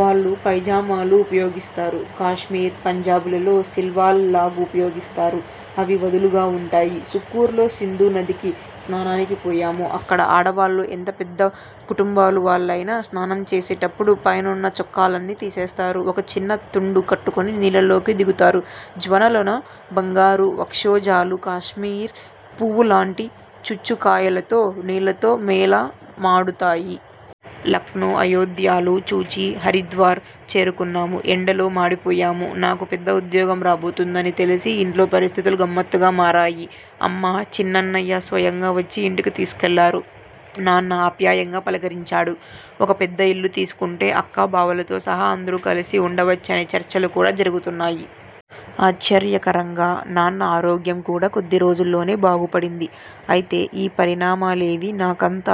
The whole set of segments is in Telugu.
వాళ్ళు పైజామాలు ఉపయోగిస్తారు. కాశ్మీర్ పంజాబులలో సిల్వాల్ లాగు ఉపయోగిస్తారు, అవి వదులుగా వుంటాయి. సుక్కూరులో సింధునదికి స్నానానికి పోయాము. అక్కడ ఆడవాళ్ళు ఎంత పెద్ద కుటుంబాల వాళ్ళయినా స్నానం చేసేటప్పుడు పైనున్న చొక్కాలన్నీ తెసేస్తారు. ఒక చిన్న తుండు కట్టుకొని నీళ్ళలోకి దిగుతారు. జవ్వనుల బంగారు వక్షోజాలు కాశ్మీర పూవులలాంటి చూచుకాయలతో నీళ్ళతో మేలమాడుతాయి. లక్నో అయోధ్యలు చూచి హరిద్వారం చేరుకున్నాము. ఎండలో మాడిపోయాము. నాకు పెద్ద ఉద్యోగం రాబోతోందని తెలిసి ఇంట్లో పరిస్థితులు గమ్మత్తుగా మారాయి. అమ్మ, చిన్నన్నయ్య స్వయంగా వచ్చి ఇంటికి తీసుకెళ్ళారు. నాన్న ఆప్యాయంగా పలకరించాడు. ఒక పెద్ద ఇల్లు తీసుకుంటే అక్కా బావలతో సహా అందరూ కలసి వుండవచ్చనే చర్చలు కూడా జరుగుతున్నాయి. ఆశ్చర్యకరంగా నాన్న ఆరోగ్యంకూడా కొద్దిరోజుల్లోనే బాగుపడింది. అయితే ఈ పరిణామాలేవీ నా కంత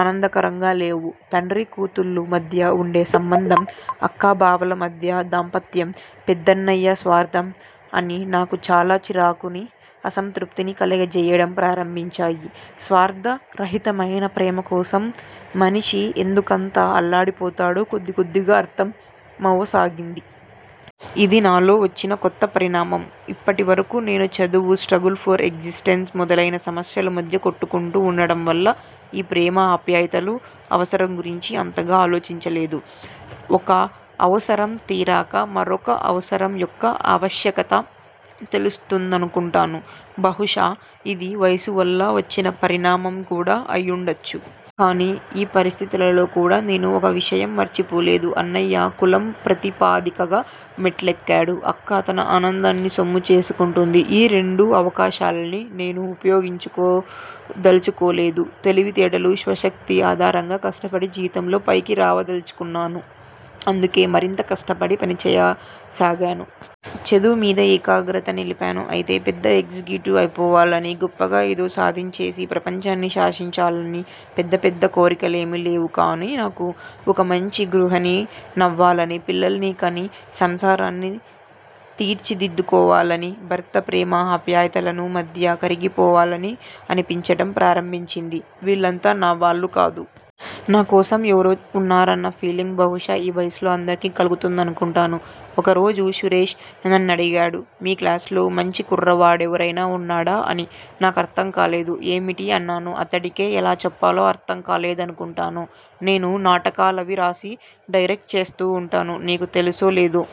ఆనందకరంగా లేవు. తండ్రీ కూతుళ్ళ మధ్య వుండే సంబంధం, అక్కా బావల మధ్య దాంపత్యం, పెద్దన్నయ్య స్వార్థం- అన్నీ నాకు చాలా చిరాకునీ, అసంతృప్తినీ కలగజేయడం ప్రారంభించాయి. స్వార్థరహితమైన ప్రేమకోసం మనిషి ఎందుకంత అల్లాడిపోతాడో కొద్దికొద్దిగా అర్థమవసాగింది. ఇది నాలో వచ్చిన కొత్త పరిణామం. ఇప్పటి వరకూ నేను చదువు, స్ట్రగుల్ ఫర్ ఎగ్జిస్టెన్స్ మొదలైన సమస్యల మధ్య కొట్టుకుంటూ వుండటంవల్ల ఈ ప్రేమ, ఆప్యాయతల అవసరం గురించి అంతగా ఆలోచించలేదు. ఒక అవసరం తీరాక మరొక అవసరం యొక్క ఆవశ్యకత తెలుస్తుందనుకుంటాను. బహుశా ఇది వయసువల్ల వచ్చిన పరిణామం కూడా అయ్యుండచ్చు. కానీ ఈ పరిస్థితిలో కూడా నేను ఒక విషయం మరచిపోలేదు. అన్నయ్య కులం ప్రాతిపదికగా మెట్లెక్కాడు. అక్క తన అందాన్ని సొమ్ము చేసుకుంటోంది. ఈ రెండు అవకాశాల్నీ నేను ఉపయోగించదల్చుకోలేదు. తెలివితేటలు, స్వశక్తి ఆధారంగా కష్టపడి జీవితంలో పైకి రాదల్చుకున్నాను. అందుకే మరింత కష్టపడి పనిచేయసాగాను. చదువుమీద ఏకాగ్రత నిలిపాను. అయితే పెద్ద ఎగ్జిక్యూటివ్ అయిపోవాలనీ, గొప్పగా ఏదో సాధించేసి ప్రపంచాన్ని శాసించాలనీ పెద్ద పెద్ద కోర్కెలేమీ లేవు నాకు. ఒక మంచి గృహిణి నవ్వాలనీ, పిల్లల్ని కని సంసారాన్ని తెరచిదిద్దుకోవాలనీ, భర్త ప్రేమ, ఆప్యాయతల మధ్య కరిగిపోవాలనీ అనిపించడం ప్రారంభించింది. వీళ్ళంతా నా వాళ్ళు కాదు. నా కోసం ఎవరో వున్నారన్న ఫీలింగ్ బహుశా ఈ వయసులో అందరికీ కలుగుతుందనుకుంటాను. ఒక రోజు సురేష్ నన్నడిగాడు- మీ క్లాస్ లో మంచి కుర్రవాడెవరైనా వున్నాడా? అని. నా కర్థం కాలేదు. ఏమిటి? అన్నాను. అతడికే ఎలా చెప్పాలో అర్థం కాలేదనుకుంటాను. నేను నాటకాలవీ రాసి డైరెక్ట్ చేస్తూంటాను. నీకు తెలుసో, లేదో?